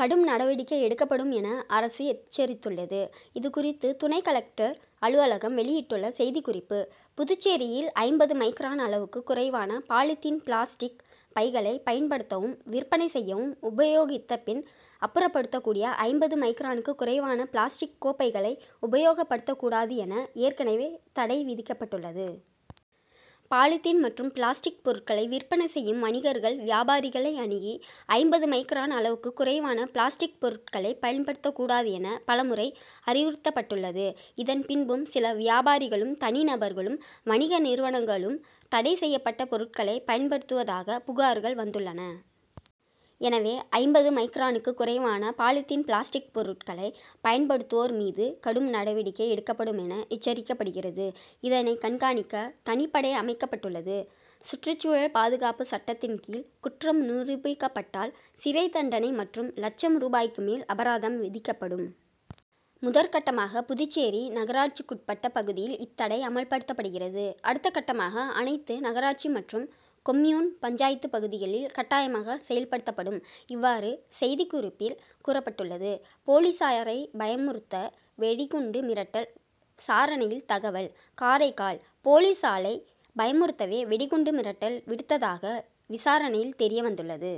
கடும் நடவடிக்கை எடுக்கப்படும் என அரசு எச்சரித்துள்ளது. இது குறித்து துணை கலெக்டர் அலுவலகம் வெளியிட்டுள்ள செய்திக்குறிப்பு:புதுச்சேரியில் ஐம்பது மைக்ரான் அளவுக்கு குறைவான பாலிதீன் பிளாஸ்டிக் பைகளை பயன்படுத்தவும் விற்பனை செய்யவும் உபயோகித்த பின் அப்புறப்படுத்தக்கூடிய ஐம்பது மைக்ரானுக்கு குறைவான பிளாஸ்டிக் கோப்பைகளை உபயோகப் படுத்தக்கூடாது என ஏற்கனவே தடை விதிக்கப்பட்டுள்ளது. பாலிதீன் மற்றும் பிளாஸ்டிக் பொருட்களை விற்பனை செய்யும் வணிகர்கள் வியாபாரிகளை அணுகி ஐம்பது மைக்ரான் அளவுக்கு குறைவான பிளாஸ்டிக் பொருட்களை பயன்படுத்தக் கூடாது என பலமுறை அறிவுறுத்தப்பட் டுள்ளது. இதன் பின்பும் சில வியாபாரிகளும் தனி நபர்களும் வணிக நிறுவனங்ககளும் தடை செய்யப்பட்ட பொருட்களை பயன்படுத்துவதாக புகார்கள் வந்துள்ளன. எனவே ஐம்பது மைக்ரானுக்கு குறைவான பாலிதீன் பிளாஸ்டிக் பொருட்களை பயன்படுத்துவோர் மீது கடும் நடவடிக்கை எடுக்கப்படும் என எச்சரிக்கப்படுகிறது. இதனை கண்காணிக்க தனிப்படை அமைக்கப்பட் டுள்ளது. சுற்றுச்சூழல் பாதுகாப்பு சட்டத்தின் கீழ் குற்றம் நிரூபிக்கப் பட்டால் சிறை தண்டனை மற்றும் லட்சம் ரூபாய்க்கு மேல் அபராதம் விதிக்கப்படும். முதற்கட்டமாக புதுச்சேரி நகராட்சிக்குட்பட்ட பகுதியில் இத் தடை அமல்படுத்தப்படுகிறது. அடுத்த கட்டமாக அனைத்து நகராட்சி மற்றும் கொம்யூன் பஞ்சாயத்து பகுதிகளில் கட்டாயமாக செயல்படுத்தப்படும். இவ்வாறு செய்திக்குறிப்பில் கூறப்பட்டுள்ளது. போலீசாரை பயமுறுத்த வெடிகுண்டு மிரட்டல் சாரணையில் தகவல் காரைக்கால்:போலீசாலை பயமுறுத்தவே வெடி குண்டு மிரட்டல் விடுத்ததாக விசாரணையில் தெரிய வந்துள்ளது.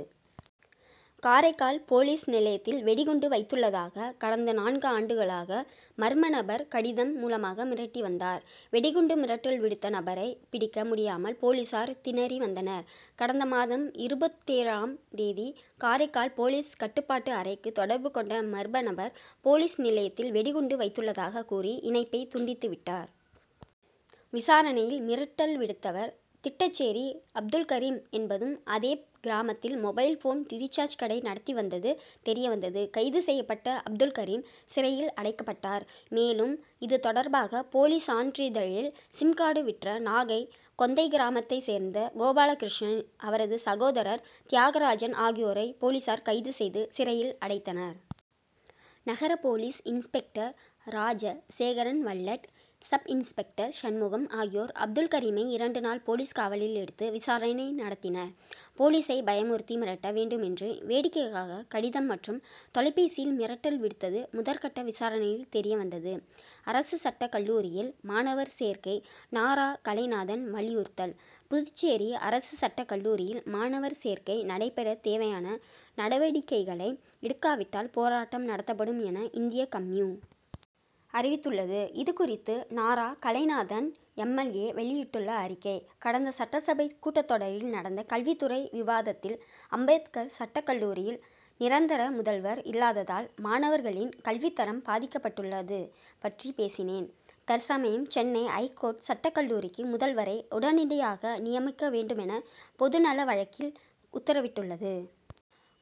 காரைக்கால் போலீஸ் நிலையத்தில் வெடிகுண்டு வைத்துள்ளதாக கடந்த நான்கு ஆண்டுகளாக மர்ம நபர் கடிதம் மூலமாக மிரட்டி வந்தார். வெடிகுண்டு மிரட்டல் விடுத்த நபரை பிடிக்க முடியாமல் போலீசார் திணறி வந்தனர். கடந்த மாதம் இருபத்தேழாம் தேதி காரைக்கால் போலீஸ் கட்டுப்பாட்டு அறைக்கு தொடர்பு கொண்ட மர்ம நபர் போலீஸ் நிலையத்தில் வெடிகுண்டு வைத்துள்ளதாக கூறி இணைப்பை துண்டித்து விட்டார். விசாரணையில் மிரட்டல் விடுத்தவர் திட்டச்சேரி அப்துல்கரீம் என் பதும் அதே கிராமத்தில் மொபைல் போன் ரீசாஜ் கடை நடத்தி வந்தது தெரியவந்தது. கைது செய்யப்பட்ட அப்துல்கரீம் சிறையில் அடைக்கப் பட்டார். மேலும் இது தொடர்பாக போலி சான்றிதழில் சிம் கார்டு விற்ற நாகை கொந்தை கிராமத்தை சேர்ந்த கோபாலகிருஷ்ணன் அவரது சகோதரர் தியாகராஜன் ஆகியோரை போலீசார் கைது செய்து சிறையில் அடைத்தனர். நகர போலீஸ் இன்ஸ்பெக்டர் ராஜ சேகரன்வல்லட் சப்இன்ஸ்பெக்டர் சண்முகம் ஆகியோர் அப்துல் கரீமை இரண்டு நாள் போலீஸ் காவலில் எடுத்து விசாரணை நடத்தினர். போலீசை பயமுறுத்தி மிரட்ட வேண்டும் என்று வேடிக்கைக்காக கடிதம் மற்றும் தொலைபேசியில் மிரட்டல் விடுத்தது முதற்கட்ட விசாரணையில் தெரிய வந்தது. அரசு சட்டக் கல்லூரியில் மாணவர் சேர்க்கை நாரா கலைநாதன் வலியுறுத்தல் புதுச்சேரி அரசு சட்டக் கல்லூரியில் மாண வர் சேர்க்கை நடைபெற தேவையான நடவடிக்கைகளை எடுக்காவிட்டால் போராட்டம் நடத்தப்படும் என இந்திய கம்யூ. அறிவித்துள்ளது. இதுகுறித்து Nara Kalainathan M. L. A. வெளியிட்டுள்ள அறிக்கை:கடந்த சட்டசபை கூட்டத்தொடரில் நடந்த கல்வித்துறை விவாதத்தில் அம்பேத்கர் சட்டக் கல்லூரியில் நிரந் தர முதல்வர் இல்லாததால் மாணவர் களின் கல்வித்தரம் பாதிக் கப்பட்டுள் ளது பற்றி பேசினேன். தற்சமயம் சென்னை ஐகோர்ட் சட்டக் கல்லூரிக்கு முதல்வரை உடனடியாக நியமிக்க வேண்டுமென பொது நல வழக்கில் உத்தரவிட்டுள்ளது.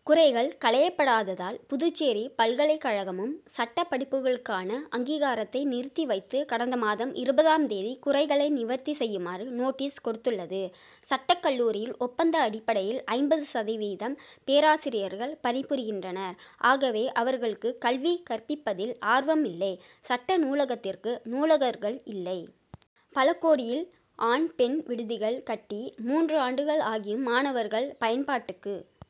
குறைகள் களையப்படாததால் புதுச்சேரி பல்கலைக்கழகமும் சட்ட படிப்புகளுக்கான அங்கீகாரத்தை நிறுத்தி வைத்து கடந்த மாதம் இருபதாம் தேதி குறைகளை நிவர்த்தி செய்யுமாறு நோட்டீஸ் கொடுத்துள்ளது. சட்டக் கல்லூரியில் ஒப்பந்த அடிப்படையில் ஐம்பது சதவீதம் பேராசிரியர்கள் பணிபுரிகின்றனர். ஆகவே அவர்களுக்கு கல்வி கற்பிப்பதில் ஆர்வம் இல்லை. சட்ட நூலகத்திற்கு நூலகர்கள் இல்லை. பல கோடியில் ஆண் பெண் விடுதிகள் கட்டி மூன்று ஆண்டுகள் ஆகியும் மாணவர்கள் பயன்பாட்டுக்கு